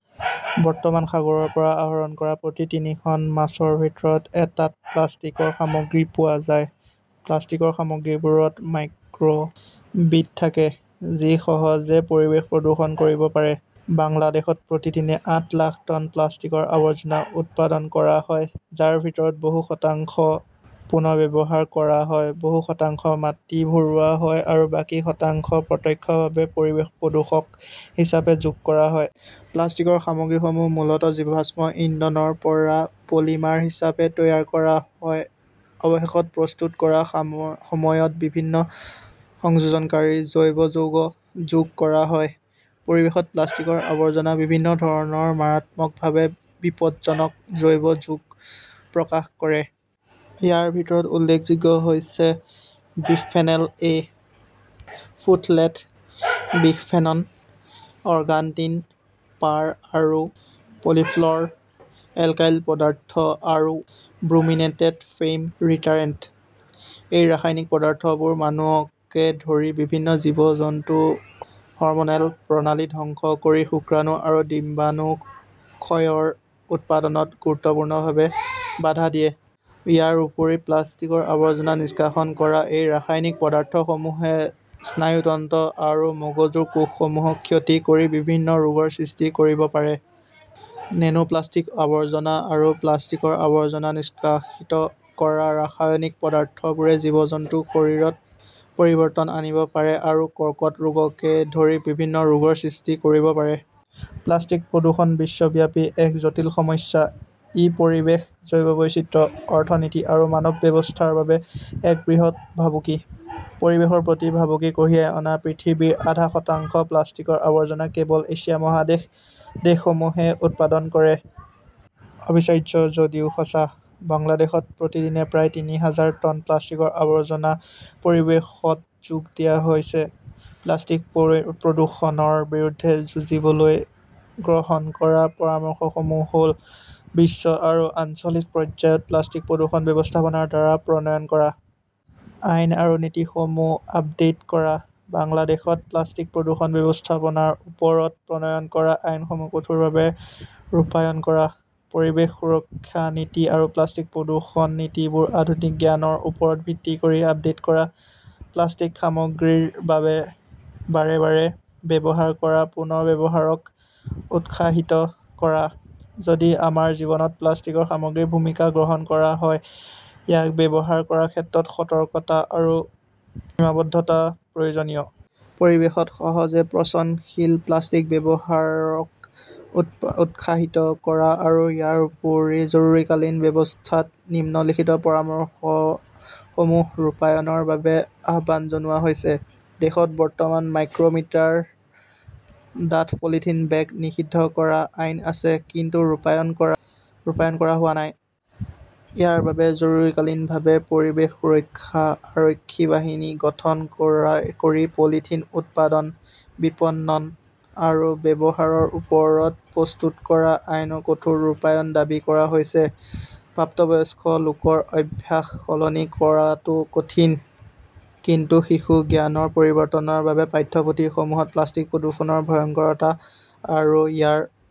বৰ্তমান সাগৰৰ পৰা আহৰণ কৰা প্ৰতি তিনিখন মাছৰ ভিতৰত এটাত প্লাষ্টিকৰ সামগ্ৰী পোৱা যায়। প্লাষ্টিকৰ সামগ্ৰীবোৰত মাইক্ৰ বিড থাকে, যি সহজে পৰিৱেশ প্ৰদূষণ কৰিব পাৰে। বাংলাদেশত প্ৰতিদিনে আঠ লাখ টন প্লাষ্টিকৰ আৱৰ্জনা উৎপাদন কৰা হয়, যাৰ ভিতৰত বহু শতাংশ পুনৰ্ব্যৱহাৰ কৰা হয়, বহু শতাংশ মাটি ভৰোৱা হয় আৰু বাকী শতাংশ প্ৰত্যক্ষভাৱে পৰিৱেশত প্ৰদূষক হিচাপে যোগ কৰা হয়। প্লাষ্টিকৰ সামগ্ৰীসমূহ মূলত জীৱাশ্ম ইন্ধন ৰ পৰা পলিমাৰ হিচাপে তৈয়াৰ কৰা হয়। অৱশ্যে, প্ৰস্তুত কৰাৰ সময়ত বিভিন্ন সংযোজনকাৰী জৈৱ যৌগ যোগ কৰা হয়। পৰিৱেশত প্লাষ্টিকৰ আৱৰ্জনে বিভিন্ন ধৰণৰ মাৰাত্মকভাৱে বিপদজনক জৈৱ যৌগ প্ৰকাশ কৰে। ইয়াৰ ভিতৰত উল্লেখযোগ্য হৈছে বিসফেনল-এ, ফোথলেট, বিসফেনন, অৰ্গান'টিন, পাৰ আৰু পলি ফ্ল'ৰ' এল্কাইল পদাৰ্থ আৰু ব্ৰোমিনেটেড ফেইম ৰিটাৰেণ্ট। এই ৰাসায়নিক পদাৰ্থবোৰে মানুহকে ধৰি বিভিন্ন জীৱ-জন্তুৰ হৰম'নেল প্ৰণালী ধ্বংস কৰি শুক্ৰাণু আৰু ডিম্বাশয়ৰ উৎপাদনত গুৰুতৰভাৱে বাধা দিয়ে। ইয়াৰ উপৰিও প্লাষ্টিকৰ আৱৰ্জনা নিষ্কাশন কৰা এই ৰাসায়নিক পদাৰ্থসমূহে স্নায়ুতন্ত্ৰ আৰু মগজুৰ কোষসমূহক ক্ষতি কৰি বিভিন্ন ৰোগৰ সৃষ্টি কৰিব পাৰে। নেনো প্লাষ্টিক আৱৰ্জনা আৰু প্লাষ্টিকৰ আৱৰ্জনা নিষ্কাশিত কৰা ৰাসায়নিক পদাৰ্থবোৰে জীৱ-জন্তুৰ শৰীৰত পৰিৱৰ্তন আনিব পাৰে আৰু কৰ্কট ৰোগকে ধৰি বিভিন্ন ৰোগৰ সৃষ্টি কৰিব পাৰে। প্লাষ্টিকৰ প্ৰদূষণ বিশ্বব্যাপী এক জটিল সমস্যা। ই পৰিৱেশ, জৈৱ বৈচিত্ৰ্য, অৰ্থনীতি আৰু মানৱ স্বাস্থ্যৰ বাবে এক বৃহৎ ভাবুকি। পৰিৱেশৰ প্ৰতি ভাবুকি কঢ়িয়াই অনা পৃথিৱীৰ আধা শতাংশ প্লাষ্টিকৰ আৱৰ্জনা কেৱল এছিয়া মহাদেশৰ দেশসমূহেহে উৎপাদন কৰে। অবিশ্বাস্য যদিও সঁচা, বাংলাদেশত প্ৰতিদিনে প্ৰায় তিনি হাজাৰ টন প্লাষ্টিকৰ আৱৰ্জনা পৰিৱেশত যোগ দিয়া হৈছে। প্লাষ্টিক প্ৰদূষণৰ বিৰুদ্ধে যুঁজিবলৈ গ্ৰহণ কৰা পৰামৰ্শসমূহ হ'ল বিশ্ব আৰু আঞ্চলিক পৰ্যায়ত প্লাষ্টিক প্ৰদূষণ ব্যৱস্থাপনাৰ দ্বাৰা প্ৰণয়ন কৰা আইন আৰু নীতিসমূহ আপডেট কৰা, বাংলাদেশত প্লাষ্টিক প্ৰদূষণ ব্যৱস্থাপনাৰ ওপৰত প্ৰণয়ন কৰা আইনসমূহ কঠোৰভাৱে ৰূপায়ণ কৰা, পৰিৱেশ সুৰক্ষা নীতি আৰু প্লাষ্টিক প্ৰদূষণ নীতিবোৰ আধুনিক জ্ঞানৰ ওপৰত ভিত্তি কৰি আপডেট কৰা, প্লাষ্টিক সামগ্ৰীৰ বাৰে বাৰে ব্যৱহাৰ আৰু পুনৰ্ব্যৱহাৰক উৎসাহিত কৰা, যদিও আমাৰ জীৱনত প্লাষ্টিক সামগ্ৰীৰ ভূমিকা গ্ৰহণ কৰা হয়, ইয়াক ব্যৱহাৰ কৰাৰ ক্ষেত্ৰত সতৰ্কতা আৰু সীমাবদ্ধতা প্ৰয়োজনীয়। পৰিৱেশত সহজে পচনশীল প্লাষ্টিকৰ ব্যৱহাৰক উৎসাহিত কৰা আৰু ইয়াৰ উপৰিও জৰুৰীকালীন অৱস্থাত নিম্নলিখিত পৰামৰ্শসমূহ ৰূপায়ণৰ বাবেও আহ্বান জনোৱা হৈছে। দেশত বৰ্তমান মাইক্ৰ'মিটাৰ ডাঠ পলিথিন বেগ নিষিদ্ধ কৰাৰ আইন আছে, কিন্তু ৰূপায়ণ কৰা হোৱা নাই। ইয়াৰ বাবে জৰুৰীকালীনভাৱে '"পৰিৱেশ সুৰক্ষা আৰক্ষী বাহিনী" গঠন কৰি পলিথিন উৎপাদন, বিপণন আৰু ব্যৱহাৰৰ ওপৰত প্ৰস্তুত কৰা আইনৰ কঠোৰ ৰূপায়ণৰ দাবী কৰা হৈছে । প্ৰাপ্তবয়স্ক লোকৰ অভ্যাস সলনি কৰাটো কঠিন, কিন্তু শিশুৰ জ্ঞানৰ পৰিৱৰ্তনৰ বাবে পাঠ্যপুথিসমূহত প্লাষ্টিক প্ৰদূষণৰ ভয়ংকৰতা আৰু ইয়াৰ